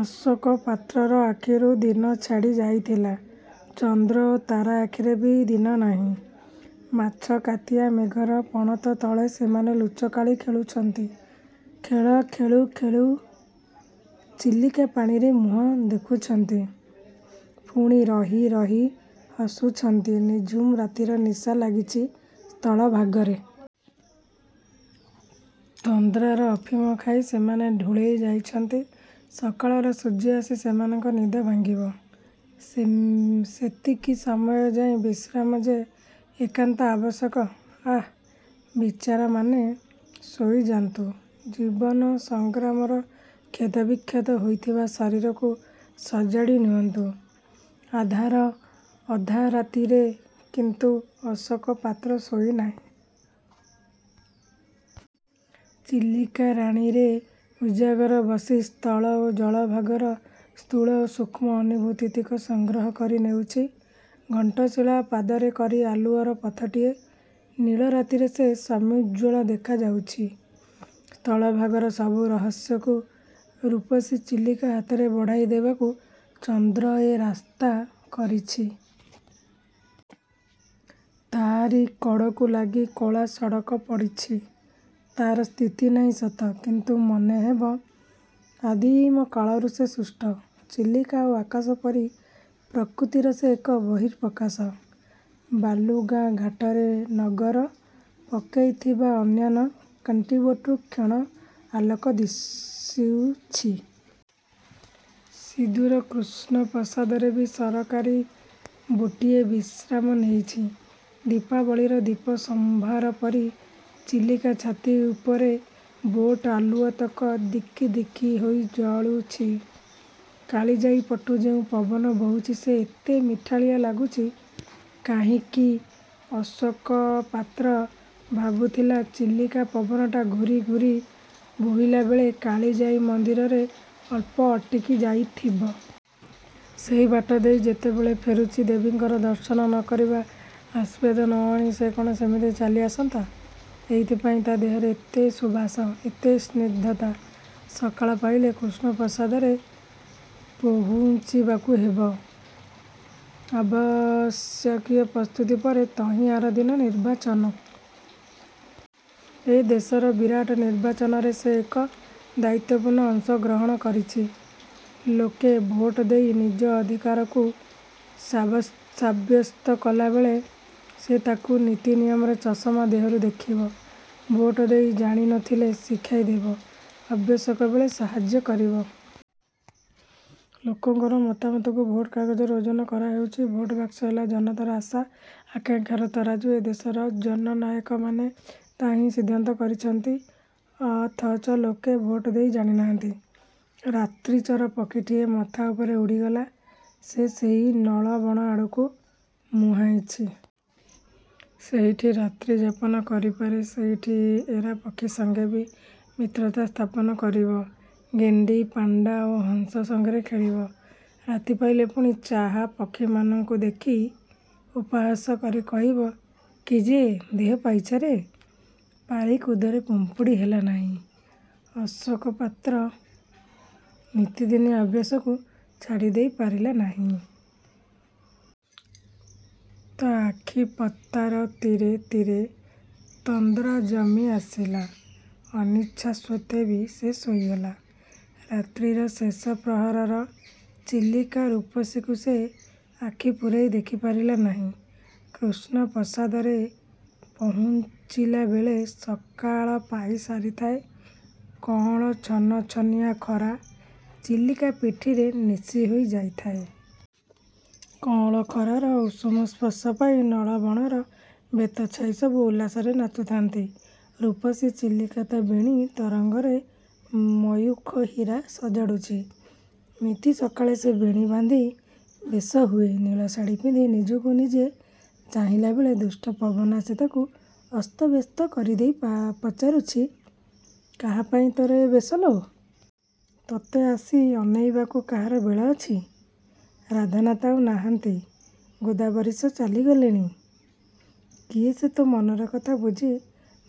ଅଶୋକ ପାତ୍ରର ଆଖିରୁ ଦିନ ଛାଡ଼ି ଯାଇଥିଲା। ଚନ୍ଦ୍ର ଓ ତାରା ଆଖିରେ ବି ଦିନ ନାହିଁ। ମାଛକାତିଆ ମେଘର ପଣତ ତଳେ ସେମାନେ ଲୁଚକାଳି ଖେଳୁଛନ୍ତି। ଖେଳ ଖେଳୁ ଖେଳୁ ଚିଲିକା ପାଣିରେ ମୁହଁ ଦେଖୁଛନ୍ତି। ପୁଣି ରହି, ରହି ହସୁଛନ୍ତି। ନିଝୁମ୍ ରାତିର ନିଶା ଲାଗିଛି ସ୍ଥଳ ଭାଗରେ। ତନ୍ଦ୍ରାର ଅଫିମ ଖାଇ ସେମାନେ ଢୁଳେଇ ଯାଇଛନ୍ତି। ସକାଳର ସୂର୍ଯ୍ୟ ଆସି ସେମାନଙ୍କ ନିଦ ଭାଙ୍ଗିବ। ସେତିକି ସମୟଯାଏ ବିଶ୍ରାମ ଯେ ଏକାନ୍ତ ଆବଶ୍ୟକ! ଆଃ, ବିଚାରାମାନେ ଶୋଇଯାନ୍ତୁ! ଜୀବନ ସଂଗ୍ରାମରେ କ୍ଷତ ବିକ୍ଷତ ହୋଇଥିବା ଶରୀରକୁ ସଜାଡ଼ି ନିଅନ୍ତୁ!! ଅଧାରାତିରେ କିନ୍ତୁ ଅଶୋକ ପାତ୍ର ଶୋଇନାହିଁ। ଚିଲିକା ରାଣୀରେ ଉଜାଗର ବସି ସ୍ଥଳ ଓ ଜଳ ଭାଗର ସ୍ଥୂଳ ଓ ସୂକ୍ଷ୍ମ ଅନୁଭୂତିତକ ସଂଗ୍ରହ କରି ନେଉଛି। ଘଣ୍ଟଶୀଳା ପାଦରେକରି ଆଲୁଅର ପଥଟିଏ। ନୀଳ ରାତିରେ ସେ ସମୁଜ୍ଜ୍ୱଳ ଦେଖା ଯାଉଛି। ସ୍ଥଳ ଭାଗର ସବୁ ରହସ୍ୟକୁ ରୂପସୀ ଚିଲିକା ହାତରେ ବଢ଼ାଇ ଦେବାକୁ ଚନ୍ଦ୍ର ଏ ରାସ୍ତା କରିଛି। ତା'ରି କଡ଼କୁ ଲାଗି କଳା–ସଡ଼କ ପଡ଼ିଛି। ତାର ସ୍ଥିତି ନାହି ସତ କିନ୍ତୁ ମନେ ହେବ, ଆଦିମ କାଳରୁ ସେ ସୃଷ୍ଟ। ଚିଲିକା ଓ ଆକାଶ ପରି ପ୍ରକୃତିର ସେ ଏକ ବର୍ହିଃ ପ୍ରକାଶ। ବାଲୁଗାଁ ଘାଟରେ ନଙ୍ଗର ପକାଇଥିବା ଅନ୍ୟାନ୍ୟ 'କଣ୍ଟ୍ରିବୋଟ'ରୁ କ୍ଷୀଣ ଆଲୋକ ଦିଶୁଛି। ସୁଦୂର କୃଷ୍ଣପ୍ରସାଦରେ ବି ସରକାରୀ ବୋଟ୍ଟିଏ ବିଶ୍ରାମ ନେଇଛି। ଦୀପାବଳୀର ଦୀପ ସମ୍ଭାର ପରି ଚିଲିକା ଛାତି ଉପରେ ବୋଟ୍ ଆଲୁଅତକ ଦିକି, ଦିକି ହୋଇ ଜଳୁଛି। 'କାଳିଜାଈ' ପଟୁ ଯେଉଁ ପବନ ବୋହୁଛି ସେ ଏତେ ମିଠାଳିଆ ଲାଗୁଛି କାହିଁକି? ଅଶୋକ ପାତ୍ର ଭାବୁଥିଲା, ଚିଲିକା ପବନଟା ଘୂରି, ଘୂରି ବୋହିଲାବେଳେ କାଳିଜାଈ ମନ୍ଦିରରେ ଅଳ୍ପ ଅଟକି ଯାଇଥିବ। ସେହି ବାଟ ଦେଇ ଯେତେବେଳେ ଫେରୁଛି, ଦେବୀଙ୍କର ଦର୍ଶନ ନ କରି ବା ଆଶୀର୍ବାଦ ନ ଆଣି ସେ କଣ ସେମିତି ଚାଲି ଆସନ୍ତା? ଏଇଥିପାଇଁ ତା' ଦେହରେ ଏତେ ସୁବାସ, ଏତେ ସ୍ନିଗ୍ଧତା। ସକାଳ ପାହିଲେ କୃଷ୍ଣପ୍ରସାଦରେ ପହୁଞ୍ଚିବାକୁ ହେବ। ଆବଶ୍ୟକୀୟ ପ୍ରସ୍ତୁତି ପରେ ତହିଁଆରଦିନ ନିର୍ବାଚନ। ଏ ଦେଶର ବିରାଟ ନିର୍ବାଚନର ସେ ଏକ ଦାୟିତ୍ୱପୂର୍ଣ୍ଣ ଅଂଶ ଗ୍ରହଣ କରିଛି। ଲୋକେ ଭୋଟ ଦେଇ ନିଜ ଅଧିକାରକୁ ସାବ୍ୟସ୍ତ କଲାବେଳେ, ସେ ତାକୁ ନୀତିନିୟମର ଚଷମା ଦେହରୁ ଦେଖିବ। ଭୋଟ ଦେଇ ଜାଣି ନଥିଲେ ଶିଖାଇ ଦେବ। ଆବଶ୍ୟକ ବେଳେ, ସାହାଯ୍ୟ କରିବ। ଲୋକଙ୍କର ମତାମତକୁ ଭୋଟ କାଗଜରେ ଓଜନ କରାହେଉଛି। ଭୋଟ ବାକ୍ସ ହେଲା ଜନତାର ଆଶା, ଆକାଂକ୍ଷାର ତରାଜୁ। ଏ ଦେଶର ଜନନାୟକମାନେ ତାହାହିଁ ସିଦ୍ଧାନ୍ତ କରିଛନ୍ତି। ଅଥଚ ଲୋକେ ଭୋଟ ଦେଇ ଜାଣିନାହାନ୍ତି!!! ରାତ୍ରିଚର ପକ୍ଷୀଟିଏ ମଥା ଉପରେ ଉଡ଼ିଗଲା। ସେ ସେହି ନଳବଣ ଆଡ଼କୁ ମୁହାଁଇଛି-। ସେଇଠି ରାତ୍ରିଯାପନ କରିପାରେ। ସେଇଠି ଏରାପକ୍ଷୀ ସଙ୍ଗେ ବି ମିତ୍ରତା ସ୍ଥାପନ କରିବ-। ଗେଣ୍ଡି, ପାଣ୍ଡା ଓ ହଂସ ସଙ୍ଗରେ ଖେଳିବ। ରାତି ପାହିଲେ ପୁଣି 'ଚାହା' ପକ୍ଷୀମାନଙ୍କୁ ଦେଖି ଉପହାସ କରି କହିବ, 'କି ଯେ ଦେହ ପାଇଛରେ! ପାରିକୁଦରେ ପିମ୍ପୁଡ଼ି ହେଲନାହିଁ? ' ଅଶୋକ ପାତ୍ର ନିତିଦିନିଆ ଅଭ୍ୟାସକୁ ଛାଡ଼ିଦେଇ ପାରିଲା ନାହିଁ। ତା ଆଖି ପତାର ତୀରେ, ତୀରେ ତନ୍ଦ୍ରା ଜମି ଆସିଲା। ଅନିଚ୍ଛା ସତ୍ତ୍ୱେବି ସେ ଶୋଇଗଲା। ରାତ୍ରିର ଶେଷ ପ୍ରହରର ଚିଲିକା ରୂପସୀକୁ ସେ ଆଖି ପୂରାଇ ଦେଖିପାରିଲା ନାହିଁ। କୃଷ୍ଣପ୍ରସାଦରେ ପହୁଞ୍ଚିଲାବେଳେ ସକାଳ ପାହି ସାରିଥାଏ। କଅଁଳ ଛନଛନିଆ ଖରା ଚିଲିକା ପିଠିରେ ନେସିହୋଇ ଯାଇଥାଏ। କଅଁଳ ଖରାର ଉଷୁମ ସ୍ପର୍ଶ ପାଇ ନଳବଣର ବେତଛାଇ ସବୁ ଉଲ୍ଲାସରେ ନାଚୁଥାନ୍ତି। ରୂପସୀ ଚିଲିକା ତା' ବେଣୀ-ତରଙ୍ଗରେ ମୟୂଖ ହୀରା ସଜାଡ଼ୁଛି। ନିତି ସକାଳେ ସେ ବେଣୀ ବାନ୍ଧି ବେଶ ହୁଏ। ନୀଳ-ଶାଢ଼ି ପିନ୍ଧି ନିଜକୁ ନିଜେ ଚାହିଁଲାବେଳେ, ଦୁଷ୍ଟ ପବନ ଆସି ତାକୁ ଅସ୍ତବ୍ୟସ୍ତ କରିଦେଇ ପଚାରୁଛି, 'କାହାପାଇଁ ତୋର ଏ ବେଶ ଲୋ? ତୋତେ ଆସି ଅନାଇବାକୁ କାହାର ବେଳ ଅଛି? ରାଧାନାଥ ଆଉ ନାହାନ୍ତି। ଗୋଦାବରୀଶ ଚାଲିଗଲେଣି। କିଏ ସେ ତୋ' ମନର କଥା ବୁଝି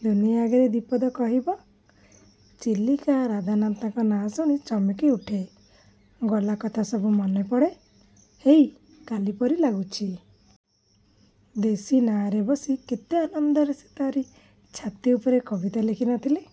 ଦୁନିଆ ଆଗରେ ଦି'ପଦ କହିବ? ' ଚିଲିକା, ରାଧାନାଥଙ୍କ ନାଁ ଶୁଣି ଚମକି ଉଠେ। ଗଲା କଥା ସବୁ ମନେପଡ଼େ। ହେଇ, କାଲିପରି ଲାଗୁଛି। ଦେଶୀ ନାହାରେ ବସି କେତେ ଆନନ୍ଦରେ ସେ ତା'ରି ଛାତି ଉପରେ କବିତା ଲେଖି ନଥିଲେ?